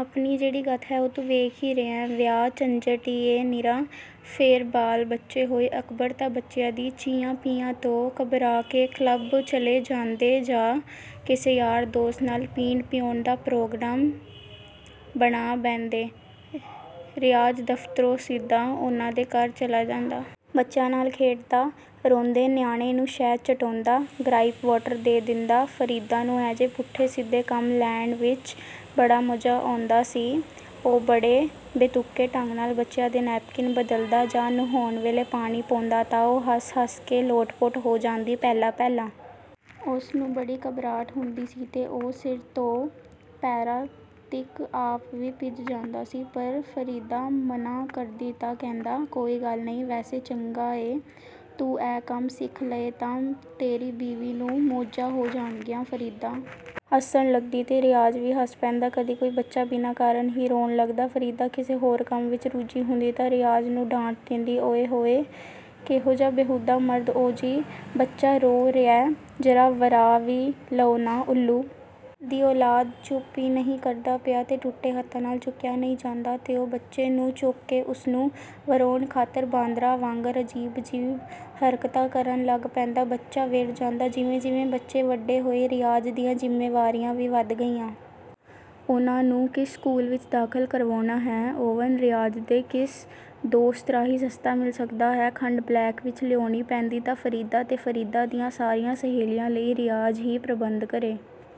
ਆਪਣੀ ਜਿਹੜੀ ਗੱਤ ਹੈ, ਉਹ ਤੂੰ ਵੇਖ ਈ ਰਿਹੈਂ, ਵਿਆਹ ਝੰਜਟ ਈ ਐ ਨਿਰਾ। ਫੇਰ ਬਾਲ-ਬੱਚੇ ਹੋਏ। ਅਕਬਰ ਤਾਂ ਬੱਚਿਆਂ ਦੀ 'ਚਿਆਂ-ਪਿਆਂ' ਤੋਂ ਘਬਰਾ ਕੇ ਕਲੱਬ ਚਲੇ ਜਾਂਦੇ ਜਾਂ ਕਿਸੇ ਯਾਰ ਦੋਸਤ ਨਾਲ ਪੀਣ-ਪਿਆਉਣ ਦਾ ਪ੍ਰੋਗਰਾਮ ਬਣਾ ਬਹਿੰਦੇ, ਰਿਆਜ਼ ਦਫ਼ਤਰੋਂ ਸਿੱਧਾ ਉਹਨਾਂ ਦੇ ਘਰ ਚਲਾ ਜਾਂਦਾ। ਬੱਚਿਆਂ ਨਾਲ ਖੇਡਦਾ, ਰੋਂਦੇ ਨਿਆਣੇ ਨੂੰ ਸ਼ਹਿਦ ਚਟਾਉਂਦਾ, ਗਰਾਈਪ ਵਾਟਰ ਦੇ ਦਿੰਦਾ। ਫਰੀਦਾ ਨੂੰ ਅਹੀਜੇ ਪੁੱਠੇ ਸਿੱਧੇ ਕੰਮ ਲੈਣ ਵਿਚ ਬੜਾ ਮਜ਼ਾ ਆਉਂਦਾ ਸੀ। ਉਹ ਬੜੇ ਬੇਤੁਕੇ ਢੰਗ ਨਾਲ ਬੱਚਿਆਂ ਦੇ ਨੇਪਕਿਨ ਬਦਲਦਾ ਜਾਂ ਨੁਹਾਉਣ ਵੇਲੇ ਪਾਣੀ ਪਾਉਂਦਾ ਤਾਂ ਉਹ ਹੱਸ-ਹੱਸ ਕੇ ਲੋਟਪੋਟ ਹੋ ਜਾਂਦੀ। ਪਹਿਲਾਂ-ਪਹਿਲਾਂ ਉਸਨੂੰ ਬੜੀ ਘਬਰਾਹਟ ਹੁੰਦੀ ਸੀ ਤੇ ਉਹ ਸਿਰ ਤੋਂ ਪੈਰਾਂ ਤੀਕ ਆਪ ਵੀ ਭਿੱਜ ਜਾਂਦਾ ਸੀ, ਪਰ ਫਰੀਦਾ ਮਨ੍ਹਾਂ ਕਰਦੀ ਤਾਂ ਕਹਿੰਦਾ, "ਕੋਈ ਗੱਲ ਨਹੀਂ।" "ਵੈਸੇ ਚੰਗਾ ਏ, ਤੂੰ ਇਹ ਕੰਮ ਸਿੱਖ ਲਏਂ ਤਾਂ ਤੇਰੀ ਬੀਵੀ ਨੂੰ ਮੌਜਾਂ ਹੋ ਜਾਣਗੀਆਂ।"ਫਰੀਦਾ ਹੱਸਣ ਲੱਗਦੀ ਤੇ ਰਿਆਜ਼ ਵੀ ਹੱਸ ਪੈਂਦਾ। ਕਦੀ ਕੋਈ ਬੱਚਾ ਬਿਨਾਂ ਕਾਰਨ ਹੀ ਰੋਣ ਲੱਗਦਾ, ਫਰੀਦਾ ਕਿਸੇ ਹੋਰ ਕੰਮ ਵਿਚ ਰੁੱਝੀ ਹੁੰਦੀ ਤਾਂ ਰਿਆਜ਼ ਨੂੰ ਡਾਂਟ ਦੇਂਦੀ, "ਓਇ ਹੋਇ ਕੇਹੋਜਾ ਬੇਹੂਦਾ ਮਰਦ ਓ-ਜੀ, ਬੱਚਾ ਰੋ ਰਿਹੈ, ਜ਼ਰਾ ਵਰਾਅ ਵੀ ਲਓ ਨਾ।""ਉੱਲੂ ਦੀ ਔਲਾਦ ਚੁੱਪ ਈ ਨਹੀਂ ਕਰਦਾ ਪਿਆ।" "ਤੇ ਟੁੱਟੇ ਹੱਥਾਂ ਨਾਲ ਚੁੱਕਿਆ ਨਹੀਂ ਜਾਂਦਾ?"ਤੇ ਉਹ ਬੱਚੇ ਨੂੰ ਚੁੱਕ ਕੇ ਉਸਨੂੰ ਵਰਾਉਣ ਖਾਤਰ ਬਾਂਦਰਾਂ ਵਾਂਗਰ ਅਜੀਬ-ਅਜੀਬ ਹਰਕਤਾਂ ਕਰਨ ਲੱਗ ਪੈਂਦਾ, ਬੱਚਾ ਵਿਰ ਜਾਂਦਾ। ਜਿਵੇਂ-ਜਿਵੇਂ ਬੱਚੇ ਵੱਡੇ ਹੋਏ ਰਿਆਜ਼ ਦੀਆਂ ਜ਼ਿੰਮੇਵਾਰੀਆਂ ਵੀ ਵਧ ਗਈਆਂ। ਉਹਨਾਂ ਨੂੰ ਕਿਸ ਸਕੂਲ ਵਿਚ ਦਾਖ਼ਲ ਕਰਵਾਉਣਾ ਹੈ? ਓਵਨ ਰਿਆਜ਼ ਦੇ ਕਿਸ ਦੋਸਤ ਰਾਹੀਂ ਸਸਤਾ ਮਿਲ ਸਕਦਾ ਹੈ? ਖੰਡ ਬਲੈਕ ਵਿਚ ਲਿਆਉਣੀ ਪੈਂਦੀ ਤਾਂ ਫਰੀਦਾ ਤੇ ਫਰੀਦਾ ਦੀਆਂ ਸਾਰੀਆਂ ਸਹੇਲੀਆਂ ਲਈ ਰਿਆਜ਼ ਹੀ ਪ੍ਰਬੰਧ ਕਰੇ।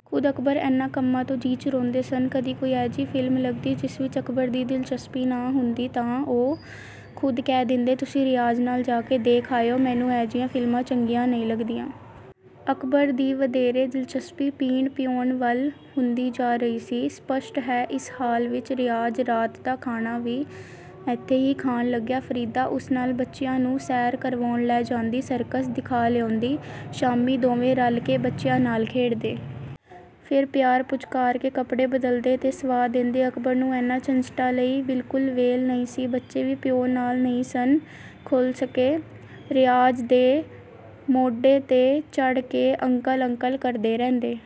ਖ਼ੁਦ ਅਕਬਰ ਇਹਨਾਂ ਕੰਮਾਂ ਤੋਂ ਜੀਅ ਚੁਰਾਉਂਦੇ ਸਨ। ਕਦੀ ਕੋਈ ਅਹਿਜੀ ਫ਼ਿਲਮ ਲੱਗਦੀ, ਜਿਸ ਵਿਚ ਅਕਬਰ ਦੀ ਦਿਲਚਸਪੀ ਨਾ ਹੁੰਦੀ ਤਾਂ ਉਹ ਖ਼ੁਦ ਕਹਿ ਦੇਂਦੇ, "ਤੁਸੀਂ ਰਿਆਜ਼ ਨਾਲ ਜਾ ਕੇ ਦੇਖ ਆਇਓ, ਮੈਨੂੰ ਅਹਿਜੀਆਂ ਫ਼ਿਲਮਾਂ ਚੰਗੀਆਂ ਨਹੀਂ ਲੱਗਦੀਆਂ।" ਅਕਬਰ ਦੀ ਵਧੇਰੇ ਦਿਲਚਸਪੀ ਪੀਣ-ਪਿਆਉਣ ਵੱਲ ਹੁੰਦੀ ਜਾ ਰਹੀ ਸੀ। ਸਪਸ਼ਟ ਹੈ ਇਸ ਹਾਲ ਵਿਚ ਰਿਆਜ਼ ਰਾਤ ਦਾ ਖਾਣਾ ਵੀ ਇੱਥੇ ਹੀ ਖਾਣ ਲੱਗਿਆ। ਫਰੀਦਾ ਉਸ ਨਾਲ ਬੱਚਿਆਂ ਨੂੰ ਸੈਰ ਕਰਵਾਉਣ ਲੈ ਜਾਂਦੀ, ਸਰਕਸ ਦਿਖਾ ਲਿਆਉਂਦੀ, ਸ਼ਾਮੀਂ ਦੋਵੇਂ ਰਲ ਕੇ ਬੱਚਿਆਂ ਨਾਲ ਖੇਡਦੇ। ਫੇਰ ਪਿਆਰ-ਪੁਚਕਾਰ ਕੇ ਕੱਪੜੇ ਬਦਲਦੇ ਤੇ ਸੰਵਾਅ ਦੇਂਦੇ। ਅਕਬਰ ਨੂੰ ਇਹਨਾਂ ਝੰਜਟਾਂ ਲਈ ਬਿਲਕੁਲ ਵਿਹਲ ਨਹੀਂ ਸੀ। ਬੱਚੇ ਵੀ ਪਿਓ ਨਾਲ ਨਹੀਂ ਸਨ ਖੁੱਲ੍ਹ ਸਕੇ। ਰਿਆਜ਼ ਦੇ ਮੋਢੇ 'ਤੇ ਚੱੜ੍ਹ ਕੇ 'ਅੰਕਲ-ਅੰਕਲ' ਕਰਦੇ ਰਹਿੰਦੇ।